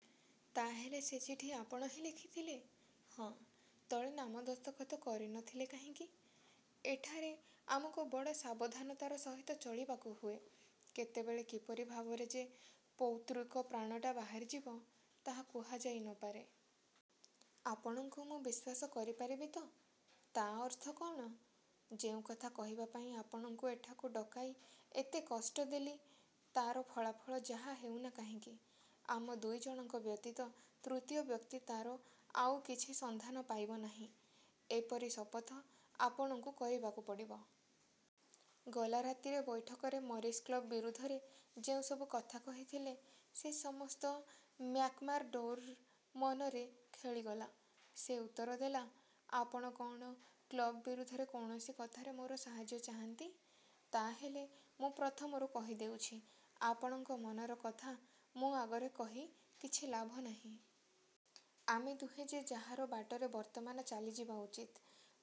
'' ''ତା ହେଲେ ସେ ଚିଠି ଆପଣ ହିଁ ଲେଖିଥିଲେ? ''ହଁ। '' ''ତଳେ ନାମ ଦସ୍ତଖତ କରି ନ ଥିଲେ କାହିଁକି? '' ''ଏଠାରେ ଆମକୁ ବଡ଼ ସାବଧାନତାର ସହିତ ଚଳିବାକୁ ହୁଏ। କେତେବେଳେ କିପରି ଭାବରେ ଯେ ପୈତୃକ ପ୍ରାଣଟା ବାହାରିଯିବ, ତାହା କୁହାଯାଇ ନ ପାରେ। ଆପଣଙ୍କୁ ମୁଁ ବିଶ୍ୱାସ କରିପାରିବି ତ? '' ''ତା ଅର୍ଥ କଅଣ? '' ''ଯେଉଁ କଥା କହିବା ପାଇଁ ଆପଣଙ୍କୁ ଏଠାକୁ ଡକାଇ ଏତେ କଷ୍ଟ ଦେଲି, ତାର ଫଳାଫଳ ଯାହା ହେଉ ନା କାହିଁକି, ଆମ ଦୁଇ ଜଣଙ୍କ ବ୍ୟତୀତ ତୃତୀୟ ବ୍ୟକ୍ତି ତାର ଆଉ କିଛି ସନ୍ଧାନ ପାଇବ ନାହିଁ–ଏପରି ଶପଥ ଆପଣଙ୍କୁ କରିବାକୁ ପଡ଼ିବ। '' ଗଲା ରାତିରେ ବୈଠକରେ ମରିସ୍ କ୍ଳବ ବିରୁଦ୍ଧରେ ଯେଉଁସବୁ କଥା କହିଥିଲେ, ସେ ସମସ୍ତ ମ୍ୟାକ୍ମାର୍ଡ଼ୋର ମନରେ ଖେଳିଗଲା। ସେ ଉତ୍ତର ଦେଲା- ''ଆପଣ କଅଣ କ୍ଳବ ବିରୁଦ୍ଧରେ କୌଣସି କଥାରେ ମୋର ସାହାଯ୍ୟ ଚାହାନ୍ତି? ତା ହେଲେ ମୁଁ ପ୍ରଥମରୁ କହିଦେଉଛି, ଆପଣଙ୍କ ମନର କଥା ମୋ ଆଗରେ କହି କିଛି ଲାଭ ନାହିଁ। ଆମେ ଦୁହେଁ ଯେ ଯାହାର ବାଟରେ ବର୍ତ୍ତମାନ ଚାଲିଯିବା ଉଚିତ।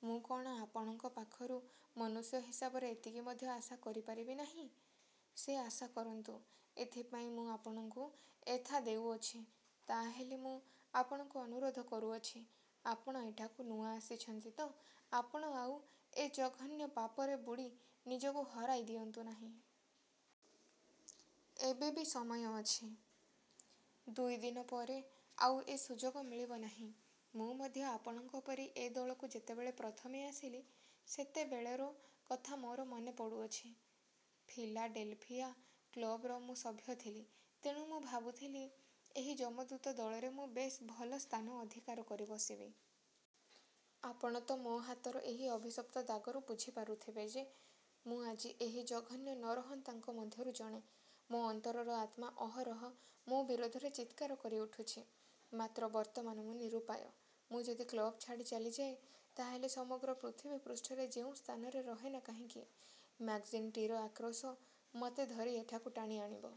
ମୁଁ କଅଣ ଆପଣଙ୍କ ପାଖରୁ ମନୁଷ୍ୟ ହିସାବରେ ଏତିକି ମଧ୍ୟ ଆଶା କରିପାରିବି ନାହିଁ। '' ''ସେ ଆଶା କରନ୍ତୁ; ଏଥିପାଇଁ ମୁଁ ଆପଣଙ୍କୁ ଏଥା ଦେଉଅଛି। '' ''ତାହାହେଲେ ମୁଁ ଆପଣଙ୍କୁ ଅନୁରୋଧ କରୁଅଛି, ଆପଣ ଏଠାକୁ ନୂଆ ଆସିଛନ୍ତି ତ–ଆପଣ ଆଉ ଏ ଜଘନ୍ୟ ପାପରେ ବୁଡ଼ି ନିଜକୁ ହରାଇ ଦିଅନ୍ତୁ ନାହିଁ। ଏବେ ବି ସମୟ ଅଛି, ଦୁଇ ଦିନ ପରେ ଆଉ ଏ ସୁଯୋଗ ମିଳିବ ନାହିଁ। ମୁଁ ମଧ୍ୟ ଆପଣଙ୍କ ପରି ଏ ଦଳକୁ ଯେତେବେଳେ ପ୍ରଥମେ ଆସିଲି, ସେତେବେଳେର କଥା ମୋର ମନେ ପଡ଼ୁଅଛି। ଫିଲାଡେଲଫିଆ କ୍ଳବର ମୁଁ ସଭ୍ୟ ଥିଲି। ତେଣୁ ମୁଁ ଭାବୁଥିଲି, ଏହି ଯମଦୂତ ଦଳରେ ମୁଁ ବେଶ୍ ଭଲ ସ୍ଥାନ ଅଧିକାର କରି ବସିବି। ଆପଣ ତ ମୋ ହାତର ଏହି ଅଭିଶପ୍ତ ଦାଗରୁ ବୁଝିପାରୁଥିବେ ଯେ, ମୁଁ ଆଜି ଏହି ଜଘନ୍ୟ ନରହନ୍ତାଙ୍କ ମଧ୍ୟରୁ ଜଣେ। ମୋ ଅନ୍ତରର ଆତ୍ମା ଅହରହ ମୋ ବିରୋଧରେ ଚିତ୍କାର କରି ଉଠୁଛି। ମାତ୍ର ବର୍ତ୍ତମାନ ମୁଁ ନିରୂପାୟ। ମୁଁ ଯଦି କ୍ଳବ୍ ଛାଡ଼ି ଚାଲିଯାଏ, ତାହାହେଲେ ସମଗ୍ର ପୃଥିବୀପୃଷ୍ଠରେ ଯେଉଁ ସ୍ଥାନରେ ରହେ ନା କାହଁକି, ମ୍ୟାକ୍ଜିଣ୍ଟିର ଆକ୍ରୋଶ ମୋତେ ଧରି ଏଠାକୁ ଟାଣିଆଣିବ।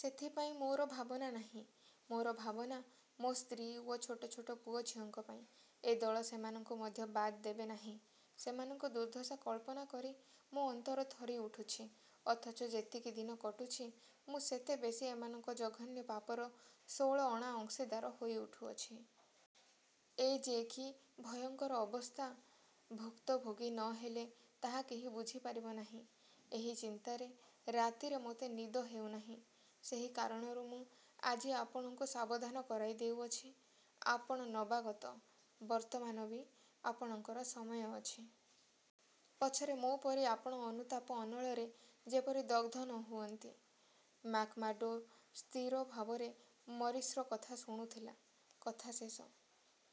ସେଥିପାଇଁ ମୋର ଭାବନା ନାହିଁ। ମୋର ଭାବନା–ମୋ ସ୍ତ୍ରୀ ଓ ଛୋଟଛୋଟ ପୁଅ ଝିଅଙ୍କ ପାଇଁ। ଏ ଦଳ ସେମାନଙ୍କୁ ମଧ୍ୟ ବାଦ୍ ଦେବେ ନାହିଁ। ସେମାନଙ୍କ ଦୁର୍ଦ୍ଦଶା କଳ୍ପନା କରି ମୋ ଅନ୍ତର ଥରିଉଠୁଛି। ଅଥଚ ଯେତିକି ଦିନ କଟୁଛି, ମୁଁ ସେତେ ବେଶୀ ଏମାନଙ୍କ ଜଘନ୍ୟ ପାପର ଷୋଳ ଅଣା ଅଂଶୀଦାର ହୋଇଉଠୁଅଛି। ଏ ଯେ କି ଭୟଙ୍କର ଅବସ୍ଥା, ଭୁକ୍ତଭୋଗୀ ନ ହେଲେ ତାହା କେହି ବୁଝିପାରିବ ନାହିଁ। ଏହି ଚିନ୍ତାରେ ରାତିରେ ମୋତେ ନିଦ ହେଉ ନାହିଁ। ସେହି କାରଣରୁ ମୁଁ ଆଜି ଆପଣଙ୍କୁ ସାବଧାନ କରାଇଦେଉଅଛି। ଆପଣ ନବାଗତ, ବର୍ତ୍ତମାନ ବି ଆପଣଙ୍କର ସମୟ ଅଛି। ପଛରେ ମୋ ପରି ଆପଣ ଅନୁତାପ-ଅନଳରେ ଯେପରି ଦଗ୍ଧ ନ ହୁଅନ୍ତି। '' ମ୍ୟାକ୍ମାର୍ଡ଼ୋ ସ୍ଥିର ଭାବରେ ମରିସ୍ର କଥା ଶୁଣୁଥିଲା। କଥା ଶେଷ